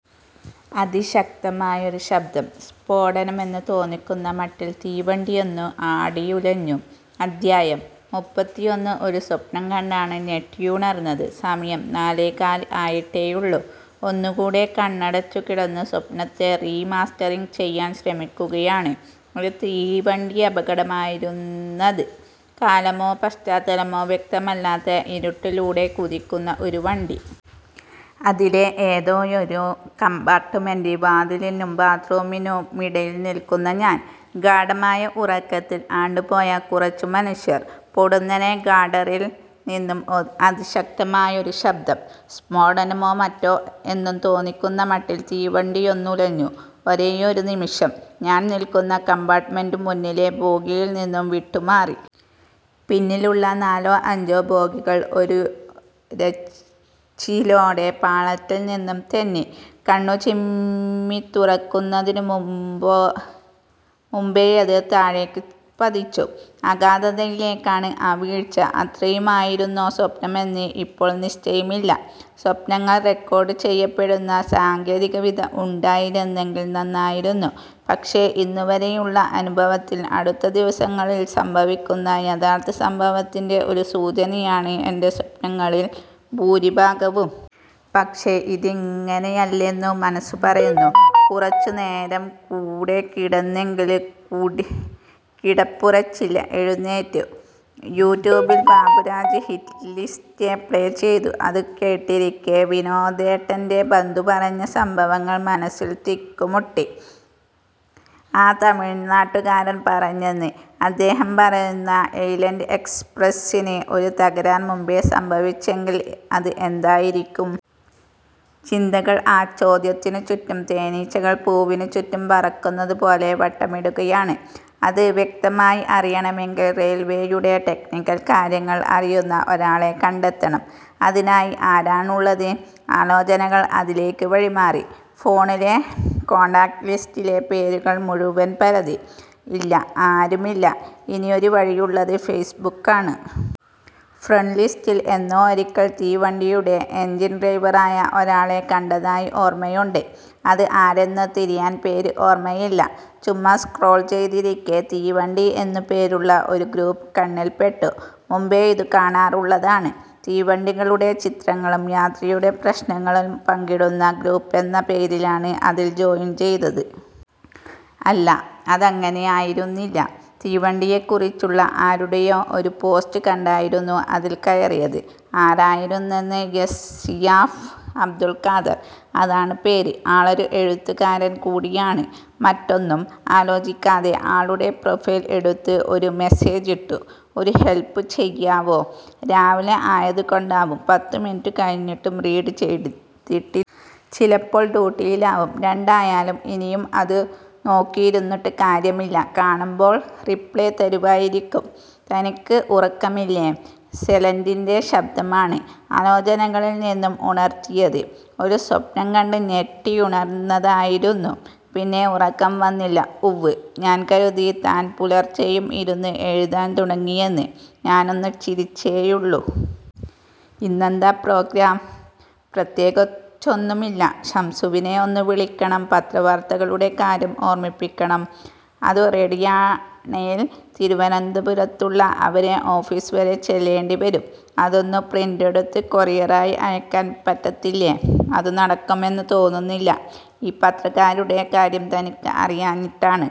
'അതിശക്തമായൊരു ശബ്ദം; സ്ഫോടനമെന്ന് തോന്നിക്കുന്ന മട്ടിൽ തീവണ്ടിയൊന്ന് ആടിയുലഞ്ഞു... ' അധ്യായം: മുപ്പത്തിയൊന്ന് ഒരു സ്വപ്നം കണ്ടാണ് ഞെട്ടിയുണർന്നത്. സമയം നാലേകാല് ആയിട്ടേയുള്ളൂ. ഒന്നുകൂടെ കണ്ണടച്ചുകിടന്ന്, സ്വപ്നത്തെ റീ മാസ്റ്ററിംഗ് ചെയ്യാൻ ശ്രമിക്കുകയാണ്. ഒരു തീവണ്ടിയപകടമായിരുന്നത്. കാലമോ പശ്ചത്തലമോ വ്യക്തമല്ലാത്ത, ഇരൂട്ടിലൂടെ കൂതിക്കുന്ന ഒരു വണ്ടി. അതിലെ ഏതോയൊരു കംപാർട്ടുമെന്റിൽ, വാതിലിനും ബാത്ത് റൂമിനുമിടയിൽ നിൽക്കുന്ന ഞാൻ. ഗാഢമായ ഉറക്കത്തിൽ ആണ്ടുപോയ കുറച്ചു മനുഷ്യർ. പൊടുന്നനെ ഗർഡറിൽ നിന്നും അതിശക്തമായൊരു ശബ്ദം. സ്ഫോടനമോ മറ്റോ എന്നു തോന്നിക്കുന്ന മട്ടിൽ തീവണ്ടിയൊന്നുലഞ്ഞു. ഒരേയൊരു നിമിഷം! ഞാൻ നിൽക്കുന്ന കംപാർട്ടുമെന്റ് മുന്നിലെ ബോഗിയിൽ നിന്നും വിട്ടുമാറി! പിന്നിലുള്ള നാലോ അഞ്ചോ ബോഗികൾ ഒരുരച്ചിലോടെ പാളത്തിൽ നിന്നും തെന്നി. കണ്ണു ചിമ്മിത്തുറക്കുന്നതിനു മുൻപേയത് താഴേക്ക് പതിച്ചു. അഗാധതയിലേക്കാണ് ആ വീഴ്ച. അത്രയുമായിരുന്നോ സ്വപ്നമെന്ന് ഇപ്പോൾ നിശ്ചയമില്ല. സ്വപ്നങ്ങൾ റെക്കോർഡുചെയ്യപ്പെടുന്ന സാങ്കേതിവിദ്യ ഉണ്ടായിരുന്നെങ്കിൽ നന്നായിരുന്നു. പക്ഷേ, ഇന്നുവരേയുള്ള അനുഭവത്തിൽ അടുത്ത ദിവസങ്ങളിൽ സംഭവിക്കുന്ന യഥാർത്ഥ സംഭവത്തിന്റെ ഒരു സൂചനയാണ് എന്റെ സ്വപ്നങ്ങളിൽ ഭൂരിഭാഗവും. പക്ഷേ, ഇതങ്ങിനയല്ലെന്നു മനസു പറയുന്നു. കുറച്ചുനേരം കൂടെ കിടന്നെങ്കിലും കിടപ്പുറച്ചില്ല. എഴുന്നേറ്റ്, യൂടൂബിൽ ബാബുരാജ് ഹിറ്റ് ലിസ്റ്റ് പ്ലേ ചെയ്തു. അതു കേട്ടിരിക്കെ, വിനോദേട്ടന്റെ, ബന്ധു പറഞ്ഞ സംഭവങ്ങൾ മനസിൽ തിക്കുമുട്ടി. ആ തമിഴ്നാട്ടുകാരൻ പറഞ്ഞെന്ന്, അദ്ദേഹം പറയുന്ന ഐലന്റ് എക്സപ്രസിന് ഒരു തകരാർ മുൻപെ സംഭവിച്ചെങ്കിൽ അത് എന്തായിരിക്കും? ചിന്തകൾ ആ ചോദ്യത്തിനു ചുറ്റും തേനിച്ചകൾ പൂവിനു ചുറ്റും പറക്കുന്നതു പോലെ വട്ടമിടുകയാണ്. അത് വ്യക്തമായി അറിയണമെങ്കിൽ റെയിൽവേയുടെ ടെക്നിക്കൽ കാര്യങ്ങൾ അറിയുന്ന ഒരാളെ കണ്ടെത്തണം. അതിനായി ആരാണുള്ളത്? ആലോചനകൾ അതിലേക്ക് വഴിമാറി. ഫോണിലെ കോണ്ടാക്ട് ലിസ്റ്റിലെ പേരുകൾ മുഴവൻ പരതി. ഇല്ല ആരുമില്ല. ഇനിയൊരു വഴിയുള്ളത് ഫെയ്സ്ബുക്കാണ്. ഫ്രണ്ട് ലിസ്റ്റിൽ എന്നോ ഒരിക്കൽ തീവണ്ടിയുടെ എഞ്ചിൻ ഡ്രൈവറായ ഒരാളെ കണ്ടതായി ഓർമയുണ്ട്. അത് ആരെന്നു തിരയാൻ പേര് ഓർമയില്ല. ചുമ്മാ സ്ക്രോൾ ചെയ്തിരിക്കെ, തീവണ്ടി എന്നു പേരുള്ള ഒരു ഗ്രൂപ്പ് കണ്ണിൽപ്പെട്ടു. മുൻപെ ഇതു കാണാറുള്ളതാണ്. തീവണ്ടികളുടെ ചിത്രങ്ങളും യാത്രയുടെ പ്രശ്നങ്ങളും പങ്കിടുന്ന ഗ്രൂപ്പെന്ന പേരിലാണ് അതിൽ ജോയിൻ ചെയ്തത്. അല്ല, അതങ്ങനെ ആയിരുന്നില്ല. തീവണ്ടിയെക്കുറിച്ചുള്ള ആരുടെയോ ഒരു പോസ്റ്റ് കണ്ടായിരുന്നു അതിൽ കയറിയത്. ആരായിരുന്നത്? യെസ്, സിയാഫ് അബ്ദുൾ ഖാദർ. അതാണ് പേര്. ആളൊരു എഴുത്തുകാരൻ കൂടിയാണ്. മറ്റൊന്നും ആലോചിക്കാതെ ആളുടെ പ്രൊഫൈൽ എടുത്ത് ഒരു മെസേജ് ഇട്ടു. 'ഒരു ഹെൽപ് ചെയ്യാവോ? ' രാവിലെ ആയതുകൊണ്ടാവും പത്തുമിനുറ്റു കഴിഞിട്ടും റീഡ് ചെയ്തിട്ടില്ല. ചിലപ്പോൾ ഡ്യൂട്ടിയിലാവും. രണ്ടായാലും ഇനിയം അതു നോക്കിയിരുന്നിട്ട് കാര്യമില്ല. കാണുമ്പോൾ റിപ്ലേ തരുമായിരിക്കും. "തനിക്ക് ഉറക്കവുമില്ലേ? " സെലിന്റെ ശബ്ദമാണ് ആലോചനകളിൽ നിന്നും ഉണർത്തിയത്. "ഒരു സ്വപ്നം കണ്ട് ഞെട്ടിയുണർന്നതായിരുന്നു. പിന്നെ ഉറക്കം വന്നില്ല" "ഉവ്വ്. ഞാൻ കരുതി താൻ പുലർച്ചയും ഇരുന്ന് എഴുതാൻ തുടങ്ങിയെന്ന്" ഞാനൊന്നു ചിരിച്ചേയുള്ളൂ. "ഇന്നെന്താ പ്രോഗ്രാം? " "പ്രത്യേകിച്ചൊന്നുമില്ല. ഷംസുവിനെ ഒന്നു വിളിക്കണം. പത്രവാർത്തകളുടെ കാര്യം ഓർമിപ്പിക്കണം. അതു റെഡിയാണേല് തിരുവനന്തപുരത്തുള്ള അവരെ ഓഫീസ് വരെ ചെല്ലേണ്ടി വരും. " "അതൊന്നു പ്രിന്റെടുത്ത് കൊറിയറായി അയക്കാൻ പറ്റത്തില്ലേ? " "അതു നടക്കുമെന്നു തോന്നുന്നില്ല. ഈ പത്രക്കാരുടെ കാര്യം തനിക്ക് അറിയാഞ്ഞിട്ടാണ്.